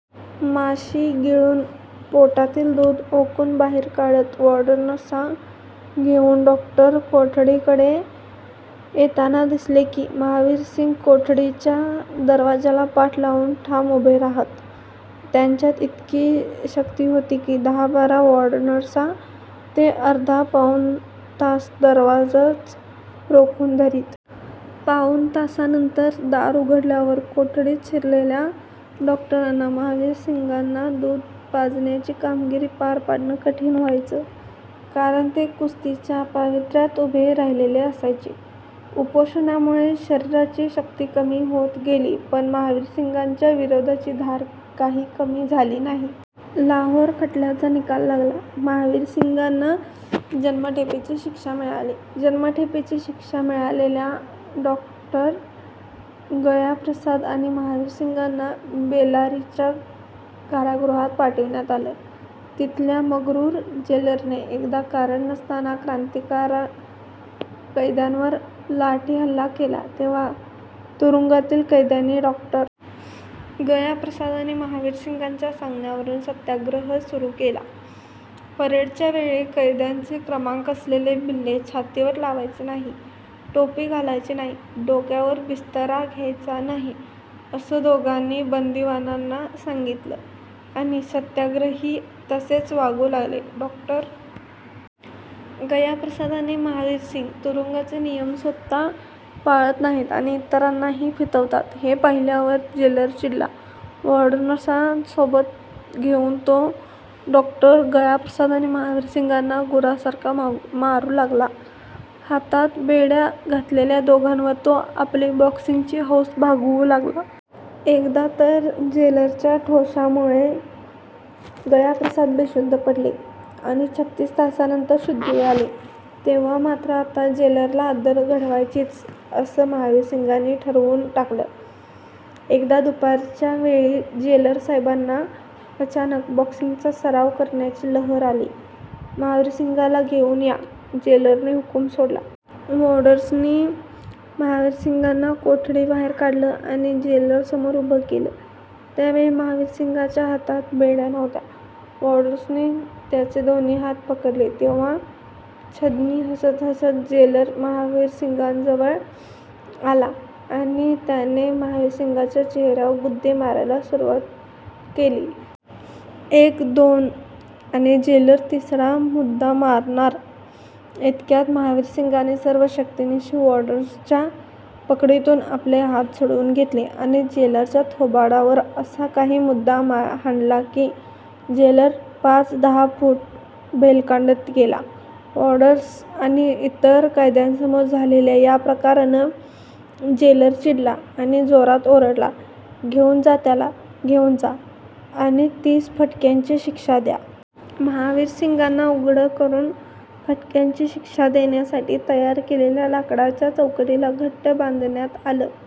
माशी गिळून पोटातील दूध ओकून बाहेर काढत. वॉर्डर्सना घेऊन डॉक्टर कोठडीकडे येताना दिसले की, महावीरसिंग कोठडीच्या दरवाजाला पाठ लावून ठाम उभे राहत. त्यांच्यात इतकी शक्ती होती की, दहा-बारा वॉर्डर्सना ते अर्धा-पाऊण तास दारावरच रोखून धरीत. पाऊण तासानंतर दार उघडल्यावर कोठडीत शिरलेल्या डॉक्टरांना, महावीरसिंगांना दूध पाजण्याची कामगिरी पार पाडणं कठीण व्हायचं; कारण ते कुस्तीच्या पवित्र्यात उभे राहिलेले असायचे. उपोषणामुळे शरीराची शक्ती कमी होत गेली, पण महावीरसिंगांच्या विरोधाची धार काही कमी झाली नाही. लाहोर खटल्याचा निकाल लागला. महावीरसिंगांना जन्मठेपेची शिक्षा मिळाली. जन्मठेपेची शिक्षा मिळालेल्या डॉ. गयाप्रसाद आणि महावीरसिंगांना बेल्लारीच्या कारागृहात पाठविण्यात आलं. तिथल्या मग्रूर जेलरने एकदा कारण नसताना क्रांतिकारक कैद्यांवर लाठीहल्ला केला तेव्हा तुरुंगातील कैद्यांनी डॉ. गयाप्रसाद आणि महावीरसिंगांच्या सांगण्यावरून सत्याग्रह सुरू केला. परेडच्या वेळी कैद्यांचे क्रमांक असलेले बिल्ले छातीवर लावायचे नाहीत, टोपी घालायची नाही, डोक्यावर बिस्तरा घ्यायचा नाही, असं दोघांनी बंदिवानांना सांगितलं आणि सत्याग्रही तसेच वागू लागले. डॉ. गयाप्रसाद आणि महावीरसिंग तुरुंगाचे नियम स्वतः पाळत नाहीत आणि इतरांना फितवतात, हे पाहिल्यावर जेलर चिडला. वॉर्डर्सना सोबत घेऊन तो डॉ. गयाप्रसाद आणि महावीरसिंगांना गुरासारखा मारू लागला. हातात बेड्या घातलेल्या दोघांवर तो आपली बॉक्सिंगची हौस भागवू लागला. एकदा तर जेलरच्या ठोशामुळे गयाप्रसाद बेशुद्ध पडले आणि छत्तीस तासांनंतर शुद्धीवर आले. तेव्हा मात्र आता 'जेलरला अद्दल घडवायचीच' असं महावीरसिंगांनी ठरवून टाकलं. एकदा दुपारच्या वेळी जेलरसाहेबांना अचानक बॉक्सिंगचा सराव करण्याची लहर आली. 'महावीरसिंगला घेऊन या' जेलरने हुकूम सोडला. वॉर्डर्सनी महावीरसिंगांना कोठडीबाहेर काढलं आणि जेलरसमोर उभं केलं. त्यावेळी महावीरसिंगांच्या हातात बेड्या नव्हत्या. वॉर्डर्सनी त्यांचे दोन्ही हात पकडले होते. छद्मी हसत हसत जेलर महावीरसिंगांजवळ आला आणि त्यानं महावीरसिंगांच्या चेहऱ्यावर गुद्दे मारायला सुरुवात केली. एक... दोन... आणि जेलर तिसरा गुद्दा मारणार इतक्यात महावीरसिंगांनी सर्व शक्तिनिशी वॉर्डर्सच्या पकडीतून आपले हात सोडवून घेतले आणि जेलरच्या थोबाडावर असा काही गुद्दा हाणला की, जेलर पाच-दहा फूट भेलकांडत गेला. वॉर्डर्स आणि इतर कैद्यांसमोर झालेल्या या प्रकारानं जेलर चिडला आणि जोराने ओरडला- 'घेऊन जा त्याला, घेऊन जा आणि तीस फटक्यांची शिक्षा द्या.' महावीरसिंगांना उघडं करून फटक्यांची शिक्षा देण्यासाठी तयार केलेल्या लाकडाच्या चौकटीला घट्ट बांधण्यात आलं.